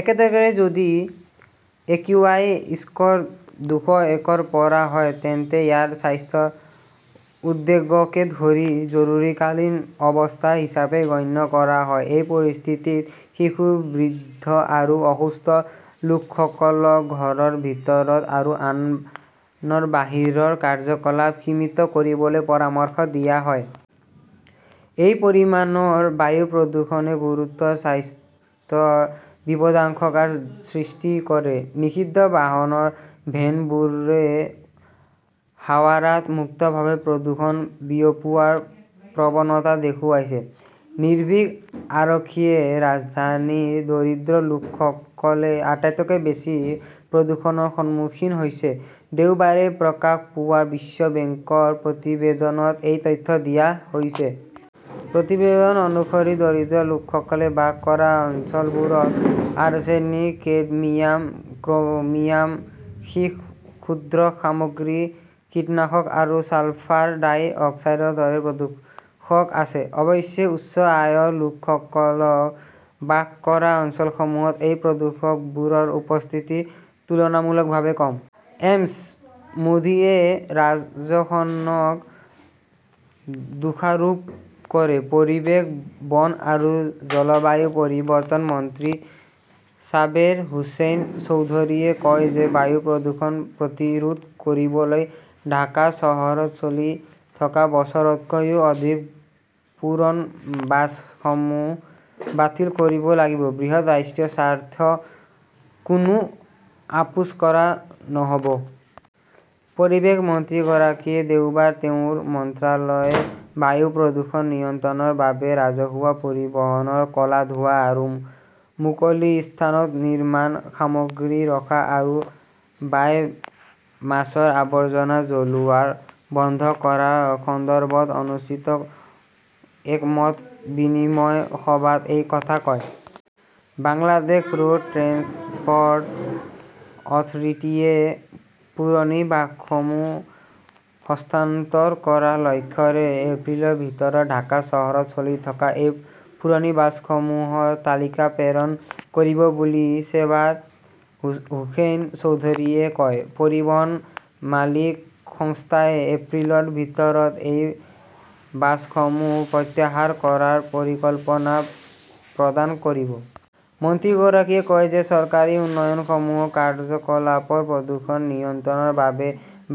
একেদৰে, যদি AQI score দুশ এক’ৰ পৰা হয় তেন্তে ইয়াক স্বাস্থ্য উদ্বেগকে ধৰি জৰুৰীকালীন অৱস্থা হিচাপে গণ্য কৰা হয়। এই পৰিস্থিতিত শিশু, বৃদ্ধ আৰু অসুস্থ লোকসকলক ঘৰৰ ভিতৰত আৰু আনৰ বাহিৰৰ কাৰ্যকলাপ সীমিত কৰিবলৈ পৰামৰ্শ দিয়া হয়। এই পৰিমাণৰ বায়ু প্ৰদূষণে গুৰুতৰ স্বাস্থ্য বিপদাশংকাৰ সৃষ্টি কৰে। নিষিদ্ধ বাহনৰ ভেনবোৰে হাৱাৰাত মুক্তভাৱে প্ৰদূষণ বিয়পোৱাৰ প্ৰৱণতা দেখুৱাইছে, নিৰ্ভীক আৰক্ষীয়ে ৰাজধানীৰ দৰিদ্ৰ লোকসকলে আটাইতকৈ বেছি প্ৰদূষণৰ সন্মুখীন হৈছে। দেওবাৰে প্ৰকাশ পোৱা বিশ্ব বেংকৰ প্ৰতিবেদনত এই তথ্য দিয়া হৈছে। প্ৰতিবেদন অনুসৰি, দৰিদ্ৰ লোকসকলে বাস কৰা অঞ্চলবোৰত আৰ্ছেনিক, কেডমিয়াম, ক্ৰমিয়াম, সীহ, ক্ষুদ্ৰ সামগ্ৰী, কীটনাশক আৰু ছালফাৰ ডাই অক্সাইডৰ দৰে প্ৰদূষক আছে। অৱশ্যে, উচ্চ আয়ৰ লোকসকল বাস কৰা অঞ্চলসমূহত এই প্ৰদূষকবোৰৰ উপস্থিতি তুলনামূলকভাৱে কম। এমছঃ মোদীয়ে ৰাজ্যখনক দোষাৰোপ কৰে পৰিৱেশ, বন আৰু জলবায়ু পৰিৱৰ্তন মন্ত্ৰী ছাবেৰ হোসেন চৌধুৰীয়ে কয় যে বায়ু প্ৰদূষণ প্ৰতিৰোধ কৰিবলৈ ঢাকা চহৰত চলি থকা বছৰতকৈও অধিক পুৰণি বাছসমূহ বাতিল কৰিব লাগিব। বৃহৎ ৰাষ্ট্ৰীয় স্বাৰ্থত কোনো আপোচ কৰা নহ'ব। পৰিৱেশ মন্ত্ৰীগৰাকীয়ে দেওবাৰে তেওঁৰ মন্ত্ৰালয়ে বায়ু প্ৰদূষণ নিয়ন্ত্ৰণৰ বাবে ৰাজহুৱা পৰিবহণৰ ক 'লা ধোঁৱা আৰু মুকলি স্থানত নিৰ্মাণ সামগ্ৰী ৰখা আৰু বায়' মাছৰ আৱৰ্জনা জ্বলোৱা বন্ধ কৰাৰ সন্দৰ্ভত অনুষ্ঠিত এক মত বিনিময় সভাত এই কথা কয়। বাংলাদেশ ৰোড ট্ৰেন্সপ’ৰ্ট অথৰিটিয়ে পুৰণি বাছসমূহ হস্তান্তৰ কৰাৰ লক্ষ্যৰে এপ্ৰিলৰ ভিতৰত ঢাকা চহৰত চলি থকা এই পুৰণি বাছসমূহৰ তালিকা প্ৰেৰণ কৰিব বুলি চেবাৰ হোসেন চৌধুৰীয়ে কয়। পৰিবহণ মালিক সংস্থাই এপ্ৰিলৰ ভিতৰত এই বাছসমূহ প্ৰত্যাহাৰ কৰাৰ পৰিকল্পনা প্ৰদান কৰিব। মন্ত্ৰীগৰাকীয়ে কয় যে চৰকাৰী উন্নয়নমূলক কাৰ্যকলাপৰ প্ৰদূষণ নিয়ন্ত্ৰণৰ বাবে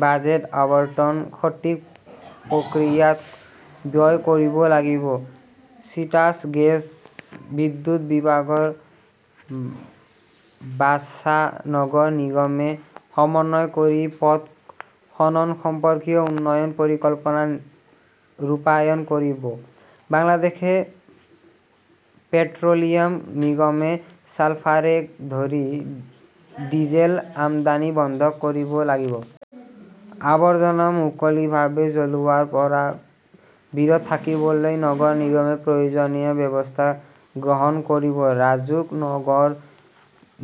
বাজেট আবণ্টন সঠিক প্ৰক্ৰিয়াত ব্যয় কৰিব লাগিব। চিটাস গেছ, বিদ্যুৎ বিভাগ, ৱাছা, নগৰ নিগমে সমন্বয় কৰি পথ খনন সম্পৰ্কীয় উন্নয়ন পৰিকল্পনা ৰূপায়ণ কৰিব। বাংলাদেশ পেট্ৰ'লিয়াম নিগমে ছালফাৰেক ধৰি ডিজেল আমদানি বন্ধ কৰিব লাগিব। আৱৰ্জনা মুকলিভাৱে জ্বলোৱাৰ পৰা বিৰত থাকিবলৈ নগৰ নিগমে প্ৰয়োজনীয় ব্যৱস্থা গ্ৰহণ কৰিব। ৰাজুক, নগৰ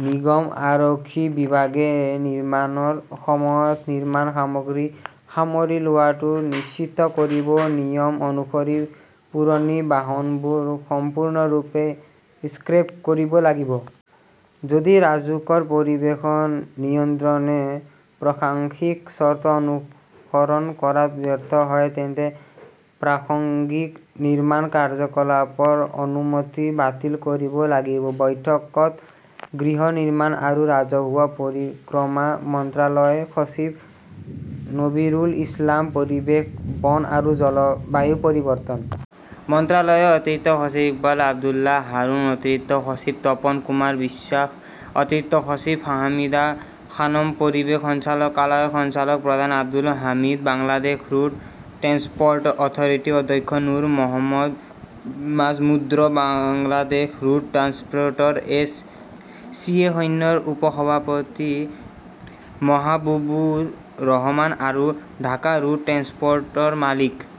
নিগম, আৰক্ষী বিভাগে নিৰ্মাণৰ সময়ত নিৰ্মাণ সামগ্ৰী সামৰি লোৱাটো নিশ্চিত কৰিব। নিয়ম অনুসৰি পুৰণি বাহনবোৰ সম্পূৰ্ণৰূপে স্ক্ৰেপ কৰিব লাগিব। যদি ৰাজুকৰ পৰিৱেশন নিয়ন্ত্ৰণে প্ৰাসংগিক চৰ্ত অনুসৰণ কৰাত ব্যৰ্থ হয় তেন্তে প্ৰাসংগিক নিৰ্মাণ কাৰ্যকলাপৰ অনুমতি বাতিল কৰিব লাগিব। বৈঠকত গৃহ নিৰ্মাণ আৰু ৰাজহুৱা পৰিক্ৰমা মন্ত্ৰালয়ৰ সচিব নবীৰুল ইছলাম, পৰিৱেশ, বন আৰু জলবায়ু পৰিৱৰ্তন মন্ত্ৰালয়ৰ অতিৰিক্ত সচিব ইকবাল আব্দুল্লাহ হাৰুন, অতিৰিক্ত সচিব তপন কুমাৰ বিশ্বাস, অতিৰিক্ত সচিব ফাহমিদা খানম, পৰিৱেশ সঞ্চালকালয়ৰ সঞ্চালক প্ৰধান Abdul Hamid, Bangladesh road transport অথৰিটিৰ অধ্যক্ষ Nur Mohammad Majumder, Bangladesh road transport এছ চিয়েশ্যনৰ উপ-সভাপতি মহাবুবুৰ ৰহমান আৰু ঢাকা ৰোড ট্ৰেন্সপ ৰ্ট মালিক।